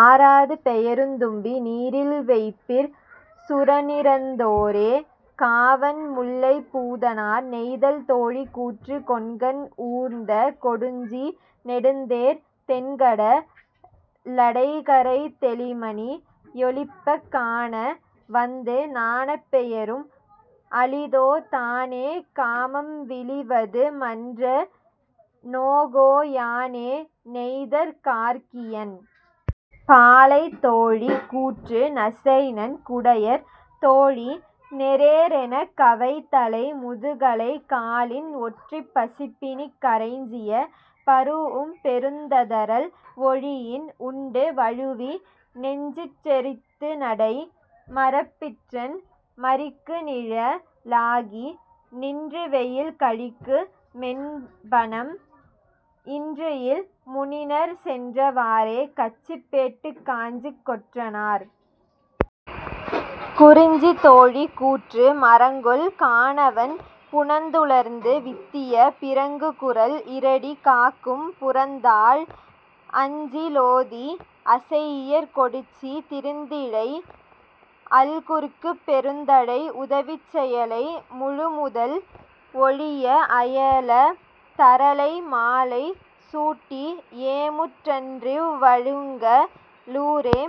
ஆராது பெயருந் தும்பி நீரில் வைப்பிற் சுரனிறந் தோரே. -காவன்முல்லைப் பூதனார்.. நெய்தல் தோழி கூற்று கொண்கன் ஊர்ந்த கொடுஞ்சி நெடுந்தேர் தெண்கட லடைகரைத் தௌிமணி யொலிப்பக் காண வந்து நாணப் பெயரும் அளிதோ தானே காமம் விளிவது மன்ற நோகோ யானே. -நெய்தற் கார்க்கியன்.. பாலை தோழி கூற்று நசைநன் குடையர் தோழி ஞெரேரெனக் கவைத்தலை முதுகலை காலின் ஒற்றிப் பசிப்பிணிக் கிறைஞ்சிய பரூஉம்பெருந் ததரல் ஒழியின் உண்டு வழுவி னெஞ்சிற் றெறித்துநடை மரபிற்றன் மறிக்குநிழ லாகி நின்றுவெயில் கழிக்கு மென்பநம் இன்றுயில் முனிநர் சென்ற வாறே. -கச்சிப்பேட்டுக் காஞ்சிக் கொற்றனார்.. குறிஞ்சி தோழி கூற்று மரங்கொல் கானவன் புனந்துளர்ந்து வித்திய பிறங்குகுரல் இறடி காக்கும் புறந்தாழ் அஞ்சி லோதி அசையியற் கொடிச்சி திருந்திழை அல்குற்குப் பெருந்தழை உதவிச் செயலை முழுமுதல் ஒழிய அயல தரலை மாலை சூட்டி ஏமுற் றன்றிவ் வழுங்க லூரே.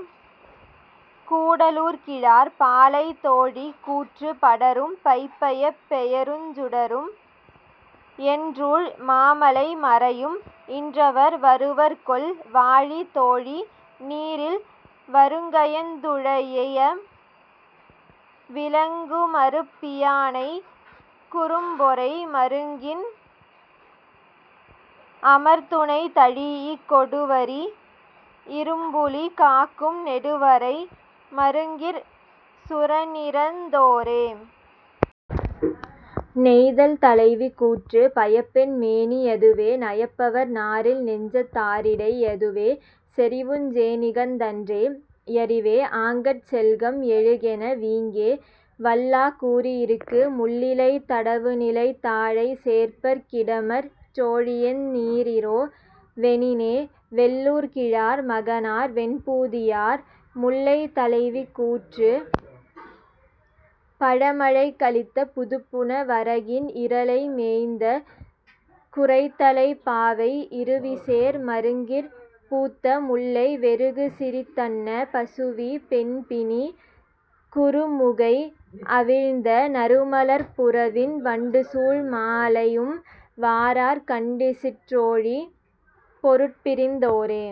-கூடலூர்கிழார்.. பாலை தோழி கூற்று படரும் பைப்பயப் பெயருஞ் சுடரும் என்றூழ் மாமலை மறையும் இன்றவர் வருவர்கொல் வாழி தோழி நீரில் வறுங்கயந் துழைஇய விலங்குமருப் பியானை குறும்பொறை மருங்கின் அமர்துணை தழீஇக் கொடுவரி இரும்புலி காக்கும் நெடுவரை மருங்கிற் சுரனிறந் தோரே. நெய்தல் தலைவி கூற்று பயப்பென் மேனி யதுவே நயப்பவர் நாரில் நெஞ்சத் தாரிடை யதுவே செறிவுஞ் சேணிகந் தன்றே யறிவே ஆங்கட் செல்கம் எழுகென வீங்கே வல்லா கூறியிருக்கு முள்ளிலைத் தடவுநிலைத் தாழைச் சேர்ப்பர்க் கிடமற் றோழியெந் நீரிரோ வெனினே. -வெள்ளூர்கிழார் மகனார் வெண்பூதியார்.. முல்லை தலைவி கூற்று பழமழைக் கலித்த புதுப்புன வரகின் இரலை மேய்ந்த குறைத்தலைப் பாவை இருவிசேர் மருங்கிற் பூத்த முல்லை வெருகுசிரித் தன்ன பசுவீ மென்பிணி குறுமுகை அவிழ்ந்த நறுமலர்ப் புறவின் வண்டுசூழ் மாலையும் வாரார் கண்டிசிற் றோழி பொருட்பிரிந் தோரே.